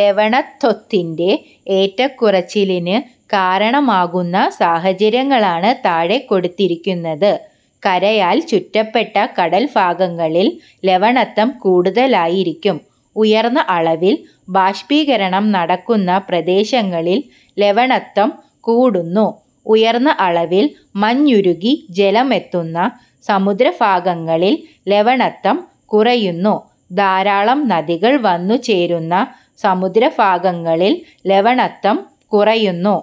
ലവണത്വത്തിന്റെ ഏറ്റക്കുറച്ചിലിന് കാരണമാകുന്ന സാഹചര്യങ്ങളാണ് താഴെ കൊടുത്തിരിക്കുന്നത്. കരയാൽ ചുറ്റപ്പെട്ട കടൽഭാഗങ്ങളിൽ ലവണത്വം കൂടുതലായിരിക്കും. ഉയർന്ന അളവിൽ ബാഷ്പീകരണം നടക്കുന്ന പ്രദേശങ്ങളിൽ ലവണത്വം കൂടുന്നു. ഉയർന്ന അളവിൽ മഞ്ഞുരുകി ജലം എത്തുന്ന സമുദ്രഭാഗങ്ങളിൽ ലവണത്വം കുറയുന്നു. ധാരാളം നദികൾ വന്നു ചേരുന്ന സമുദ്ര ഭാഗങ്ങളിൽ ലവണത്വം കുറയുന്നു.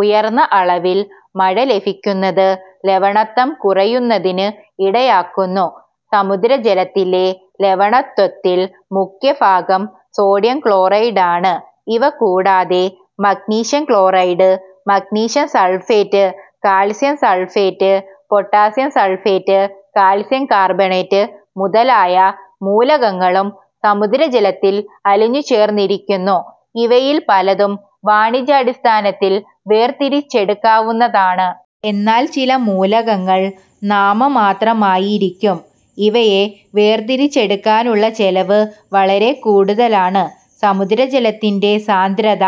ഉയർന്ന അളവിൽ മഴ ലഭിക്കുന്നത് ലവണത്വം കുറയുന്നതിന് ഇടയാക്കുന്നു. സമുദ്രജലത്തിലെ ലവണത്വത്തിൽ മുഖ്യഭാഗം സോഡിയം ക്ലോറൈഡ് ആണ്. ഇവ കൂടാതെ magnesium chloride, magnesium sulphate, calcium sulphate, potassium sulphate, calcium carbonate മുതലായ മൂലകങ്ങളും സമുദ്രജലത്തിൽ അലിഞ്ഞുചേർന്നിരിക്കുന്നു. ഇവയിൽ പലതും വാണിജ്യാടിസ്ഥാനത്തിൽ വേർ തിരിച്ചെടുക്കാവുന്നതാണ്. എന്നാൽ ചില മൂലകങ്ങൾ നാമമാത്രമായിരിക്കും. ഇവയെ വേർതിരിച്ചെടുക്കാനുള്ള ചെലവ് വളരെ കൂടുതലാണ്. സമുദ്രജലത്തിന്റെ സാന്ദ്രത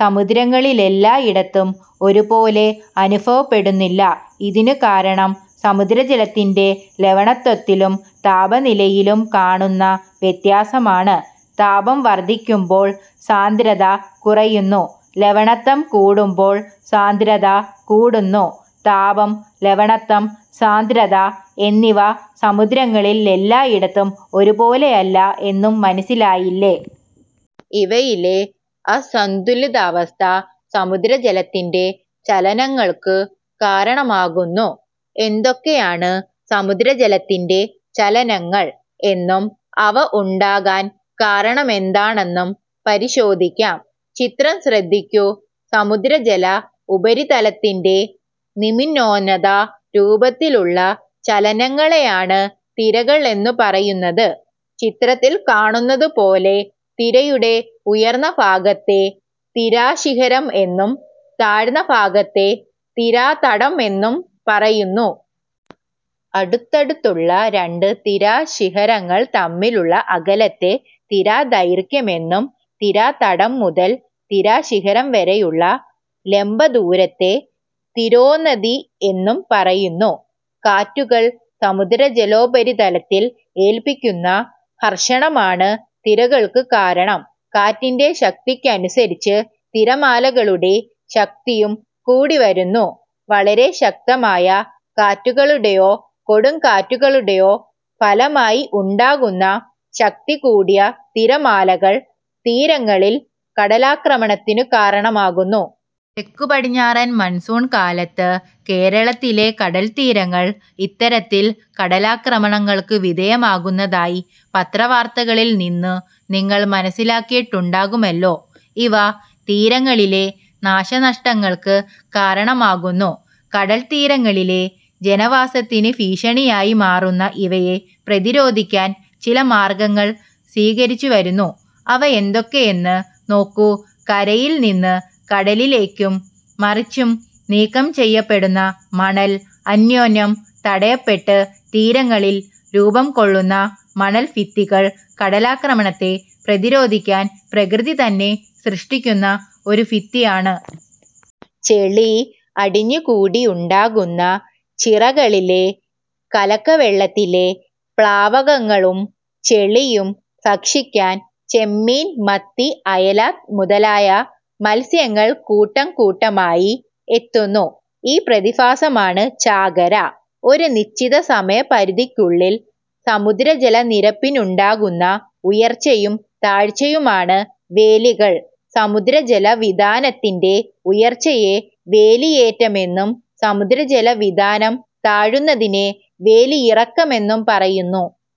സമുദ്രങ്ങളിലെല്ലായിടത്തും ഒരുപോലെ അനുഭവപ്പെടുന്നില്ല. ഇതിനു കാരണം സമുദ്രജലത്തിന്റെ ലവണത്വത്തിലും താപനിലയിലും കാണുന്ന വ്യത്യാസമാണ്. താപം വർധിക്കുമ്പോൾ സാന്ദ്രത കുറയുന്നു; ലവണത്വം കൂടുമ്പോൾ സാന്ദ്രത കുടുന്നു. താപം, ലവണത്വം, സാന്ദ്രത എന്നിവ സമുദ്രങ്ങളിൽ എല്ലായിടത്തും ഒരുപോലെയല്ല എന്നു മനസ്സിലായില്ലേ. ഇവയിലെ അസന്തുലിതാവസ്ഥ സമുദ്രജലത്തിന്റെ ചലനങ്ങൾക്കു കാരണമാകുന്നു. എന്തൊക്കെയാണ് സമുദ്രജലത്തിന്റെ ചലനങ്ങൾ എന്നും അവ ഉണ്ടാകാൻ കാരണമെന്താണെന്നും പരിശോധിക്കാം. ചിത്രം ശ്രദ്ധിക്കൂ. സമുദ്രജല ഉപരിതലത്തിന്റെ നിമ്നോന്നത രൂപത്തിലുള്ള ചലനങ്ങളെയാണ് തിരകൾ എന്നു പറയുന്നത്. ചിത്രത്തിൽ കാണുന്നതുപോലെ തിരയുടെ ഉയർന്ന ഭാഗത്തെ തിരാശിഖരം എന്നും താഴ്ന്ന ഭാഗത്തെ തിരാതടം എന്നും പറയുന്നു. അടുത്തടുത്തുള്ള രണ്ട് തിരാശിഖരങ്ങൾ തമ്മിലുള്ള അകലത്തെ തിരാദൈർഘ്യം എന്നും തിരാതടം മുതൽ തിരശിഖരം വരെയുള്ള ലംബദൂരത്തെ തിരോന്നതി എന്നും പറയുന്നു. കാറ്റുകൾ സമുദ്രജലോപരിതലത്തിൽ ഏൽപ്പിക്കുന്ന ഘർഷണമാണ് തിരകൾക്കു കാരണം. കാറ്റിന്റെ ശക്തിക്കനുസരിച്ച് തിരമാലകളുടെ ശക്തിയും കൂടിവരുന്നു. വളരെ ശക്തമായ കാറ്റുകളുടെയോ കൊടുങ്കാറ്റുകളുടെയോ ഫലമായി ഉണ്ടാകുന്ന ശക്തികൂടിയ തിരമാലകൾ തീരങ്ങളിൽ കടലാക്രമണത്തിനു കാരണമാകുന്നു. തെക്കു-പടിഞ്ഞാറൻ മൺസൂൺ കാലത്ത് കേരളത്തിലെ കടൽത്തീരങ്ങൾ ഇത്തരത്തിൽ കടലാക്രമണങ്ങൾക്കു വിധേയമാകുന്നതായി പത്രവാർത്തകളിൽ നിന്നു നിങ്ങൾ മനസ്സിലാക്കിയിട്ടുണ്ടാകുമല്ലോ. ഇവ തീരങ്ങളിലെ നാശനഷ്ടങ്ങങ്ങൾക്ക് കാരണമാകുന്നു. കടൽത്തീരങ്ങളിലെ ജനവാസത്തിന് ഭീഷണിയായി മാറുന്ന ഇവയെ പ്രതിരോധിക്കാൻ ചില മാർഗങ്ങൾ സ്വീകരിച്ചുവരുന്നു. അവ എന്തൊക്കെയെന്ന് നോക്കൂ. കരയിൽ നിന്നു കടലിലേക്കും മറിച്ചും നീക്കം ചെയ്യപ്പെടുന്ന മണൽ അന്യോന്യം തടയപ്പെട്ട് തീരങ്ങളിൽ രൂപംകൊള്ളുന്ന മണൽഭിത്തികൾ കടലാക്രമണത്തെ പ്രതിരോധിക്കാൻ പ്രകൃതിതന്നെ സൃഷ്ടിക്കുന്ന ഒരു ഭിത്തിയാണ്. ചെളി അടിഞ്ഞുകൂടി ഉണ്ടാകുന്ന ചിറകളിലെ കലക്കവെളളത്തിലെ പ്ലവകങ്ങളും ചെളിയും ഭക്ഷിക്കാൻ ചെമ്മീൻ, മത്തി, അയല മുതലായ മത്സ്യങ്ങൾ കൂട്ടംകൂട്ടമായി എത്തുന്നു. ഈ പ്രതിഭാസമാണ് ചാകര. ഒരു നിശ്ചിത സമയപരിധിക്കുള്ളിൽ സമുദ്രജലനിരപ്പിനുണ്ടാകുന്ന ഉയർച്ചയും താഴ്ചയുമാണ് വേലികൾ. സമുദ്രജല വിതാനത്തിന്റെ ഉയർച്ചയെ വേലിയേറ്റമെന്നും സമുദ്രജല വിതാനം താഴുന്നതിനെ വേലിയിറക്കമെന്നും പറയുന്നു.